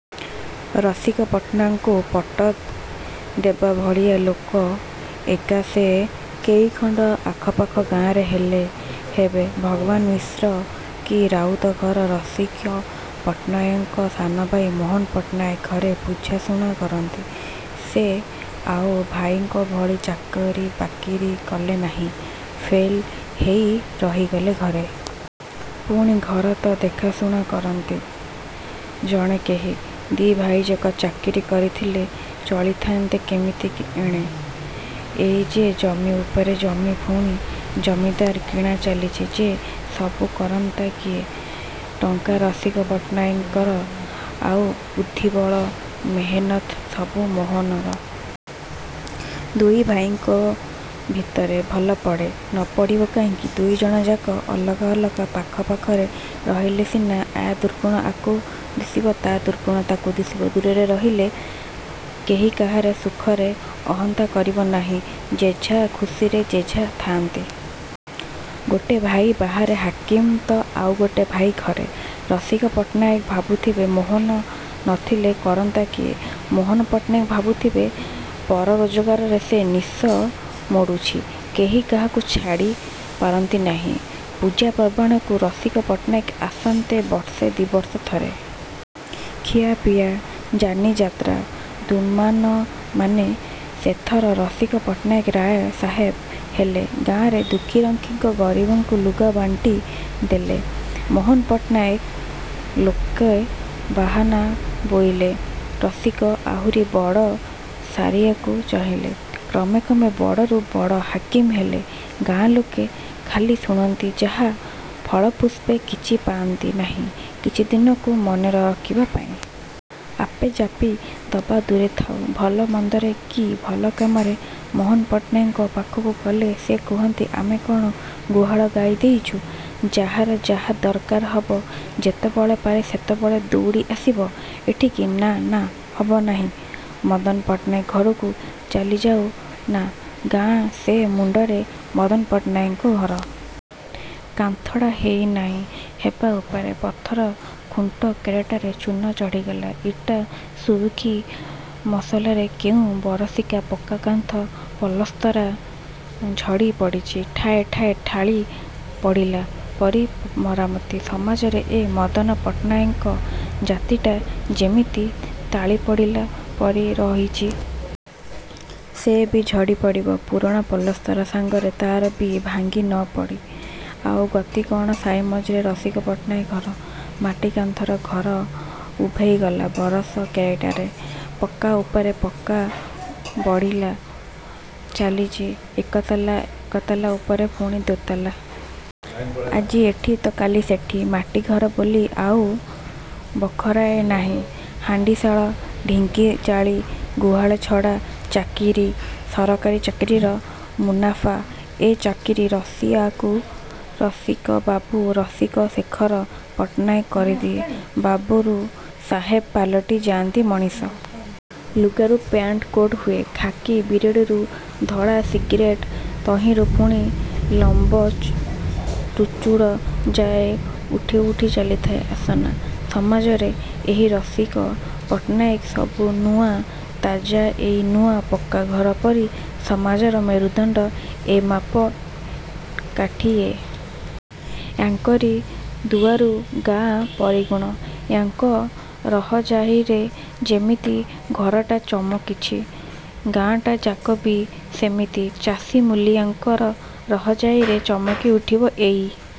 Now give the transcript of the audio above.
ରସିକ ପଟ୍ଟନାୟକଙ୍କୁ ପଟ୍ଟ ଦେବା ଭଳିଆ ଲୋକ ଏକା ସେ କେଇଖଣ୍ଡ ଆଖପାଖ ଗାଁରେ ହେଲେ ହେବେ ଭଗବାନ ମିଶ୍ର କି ରାଉତ ଘର। ରସିକପଟ୍ଟନାହାକଙ୍କ ସାନଭାଇ ମୋହନ ପଟ୍ଟନାହାକ ଘରେ ବୁଝାଶୁଣା କରନ୍ତି। ସେ ଆଉ ଭାଇଙ୍କ ଭଳି ଚାକିରି ବାକିରି କଲେ ନାହିଁ, ଫେଲ ହେଇ ରହିଗଲେ ଘରେ। ପୁଣି ଘର ତ ଦେଖାଶୁଣା କରନ୍ତି ଜଣେ କେହି। ଦି' ଭାଇଯାକ ଚାକିରି କରିଥିଲେ ଚଳି ଥାଆନ୍ତା କିମିତି ଏଣେ। ଏଇ ଯେ ଜମି ଉପରେ ଜମି ପୁଣି ଜମିଦାର କିଣା ଚାଲିଚି ସେ ସବୁ କରନ୍ତା କିଏ? ଟଙ୍କା ରସିକ ପଟ୍ଟନାୟକର ଆଉ ବୁଦ୍ଧିବଳ ମେହନତ୍ ସବୁ ମୋହନର। ଦୁଇ ଭାଇଙ୍କ ଭିତରେ ଭଲପଡ଼େ। ନ ପଡ଼ିବ କାହିଁକି? ଦୁଇଜଣଯାକ ଅଲଗା ଅଲଗା। ପାଖ ପାଖରେ ରହିଲେ ସିନା ୟା ଦୁର୍ଗୁଣ ତାକୁ ଦିଶିବ ତା' ଦୁର୍ଗୁଣ ୟାକୁ ଦିଶିବ। ଦୂରରେ ରହିଲେ କେହି କାହାରି ସୁଖରେ ଅହନ୍ତା କରିବ ନାହିଁ। ଯେଝା ସୁଖରେ ଯେଝେ ଥାଆନ୍ତି। ଗୋଟେ ଭାଇ ବାହାରେ ହାକିମ ତ ଆଉ ଗୋଟେ ଭାଇ ଘରେ। ରସିକ ପଟ୍ଟନାହାକ ଭାବୁଥିବେ ''ମୋହନ ନଥିଲେ କରନ୍ତା କିଏ। '' ମୋହନ ପଟ୍ଟନାୟକ ଭାବୁଥିବେ ପର ରୋଜଗାରରେ ସେ ନିଶ ମୋଡ଼ୁଚି। କେହି କାହାକୁ ଛାଡ଼ି ପାରନ୍ତି ନାହିଁ । ପୂଜା ପାର୍ବଣକୁ ରସିକ ପଟ୍ଟନାୟକେ ଆସନ୍ତି ବର୍ଷେ ଦିବର୍ଷେ ଥରେ। ଖିଆ ପିଆ, ଯାନିଯାତ୍ରା ଧୁମ୍ଧାମ୍ ଚାଲେ। ସେଥର ରସିକ ପଟ୍ଟନାୟକ ରାୟ ସାହେବ ହେଲେ। ଗାଁରେ ଦୁଃଖିରଙ୍କି ଗରିବଙ୍କୁ ଲୁଗା ବାଣ୍ଟି ଦେଲେ ମୋହନପଟ୍ଟନାୟକ। ଲୋକେ ବାହବା ବୋଇଲେ। ରସିକ ଆହୁରି ବଡ଼ ସାହିଆକୁ ଚଢ଼ିଲେ। କ୍ରମେ କ୍ରମେ ବଡ଼ରୁ ବଡ଼ ହାକିମ ହେଲେ। ଗାଁ ଲୋକେ ଖାଲି ଶୁଣନ୍ତି ଯାହା ଫଳେପୁଷ୍ପେ କିଛି ପାଆନ୍ତି ନାହିଁ କିଛିଦିନକୁ ମନେରଖିବା ପାଇଁ। ଆପେ ଯାଚି ଦବା ଦୂରେ ଥାଉ, ଭଲରେ ମନ୍ଦରେ କି ଭଲକାମରେ ମୋହନ ପଟ୍ଟନାହାକଙ୍କ ପାଖକୁ ଗଲେ, ସେ କହନ୍ତି ଆମେ କ'ଣ ଦୁହାଁଳ ଗାଈ ହେଇଛୁ? ଯାହାର ଯାହା ଦରକାର ହେବ, ଯେତେବେଳେ ପାରେ ସେତେବେଳେ ଦଉଡ଼ି ଆସିବ ଏଠିକି? ନା ନା ହବ ନାହିଁ, ମଦନ ପଟ୍ଟନାହାକ ଘରକୁ ଚାଲିଯାଉ ନା'' ଗାଁର ସେ ମୁଣ୍ଡରେ ମଦନପଟ୍ଟନାୟକଙ୍କ ଘର। କାନ୍ଥଡ଼ା ହେଇ ନାହିଁ ହେବା ଉପରେ । ପଥର ଖୁଣ୍ଟ କେଇଟାରେ ଚୂନ ଚଢ଼ି ନାହିଁ। ଇଟା ଶୁରୁଖୀ ମସଲାରେ କେଉଁ ବରଷିକା ପକ୍କା କାନ୍ଥ ପଲସ୍ତରା ଝଡ଼ି ପଡ଼ିଚି। ଠାଏ ଠାଏ ତାଳି ପଡ଼ିଲା ପରି ମରାମତି। ସମାଜରେ ଏ ମଦନ ପଟ୍ଟନାହାକ ଜାତିଟା ଯେମିତି ତାଳିପଡ଼ିଲା ପରି ରହିଚି। ସେ ବି ଝଡ଼ି ପଡ଼ିବ। ପୁରୁଣା ପଲସ୍ତରା ସାଙ୍ଗରେ ତା'ରବି ଭାଙ୍ଗି ନପଡ଼ି ଆଉ ଗତି କ'ଣ ସାଇ ମଝିରେ ରସିକ ପଟ୍ଟନାୟକ ଘର। ମାଟି କାନ୍ଥର ଘର ଉଭେଇଗଲା ବରଷ କେଇଟାରେ। ପକ୍କା ଉପରେ ପକ୍କା ବାଡ଼ିଆ ଚାଲିଚି। ଏକତାଲା ଏକତାଲା ଉପରେ ପୁଣି ଦୋତାଲା। ଆଜି ଏଠି ତ କାଲି ସେଠି। ମାଟି ଘର ବୋଲି ଆଉ ବଖରାଏବି ନାହିଁ ହାଣ୍ଡିଶାଳ, ଢିଙ୍କି ଚାଳି, ଗୁହାଳ ଛଡ଼ା। ଚାକିରି। ସରକାରୀ ଚାକିରିର ମୁନାଫା। ଏ ଚାକିରି, ରସିଆକୁ ରସିକବାବୁ ରସିକ ଶେଖର ପଟ୍ଟନାୟକ କରିଦିଏ। ବାବୁରୁ ସାହେବ ପାଲଟି ଯାନ୍ତି ମଣିଷ। ଲୁଗାରୁ ପ୍ୟାଣ୍ଟ କୋଟ୍ ହୁଏ। ଖାକି ବିଡ଼ିରୁ ଧଳା ସିଗାରେଟ୍ ତହିଁରୁ ପୁଣି ଲମ୍ବ ଚୁରୁଟ ଯାଏଁ ଉଠି ଉଠି ଚାଲିଥାଏ ଆସନ। ସମାଜରେ ଏଇ ରସିକ। ପଟ୍ଟନାୟକ ସବୁ ନୂଆ, ତାଜା, ଏଇ ନୂଆ ପକ୍କାଘର ପରି। ସମାଜର ମେରୁଦଣ୍ଡ ଏମାପ କାଠି ଏ। ୟାଙ୍କରି ଦୁଆରୁ ଗାଁର ପରିଗୁଣ। ୟାଙ୍କ ରହଜାଇରେ ଯେମିତି ଘରଟା ଚମକିଛି, ଗାଁଟାଯାକବି ସେମିତି ଚାଷୀ ମୂଲିଆଙ୍କ ରହଜାଇରେ ଚମିକି ଉଠିବ? ଏଇ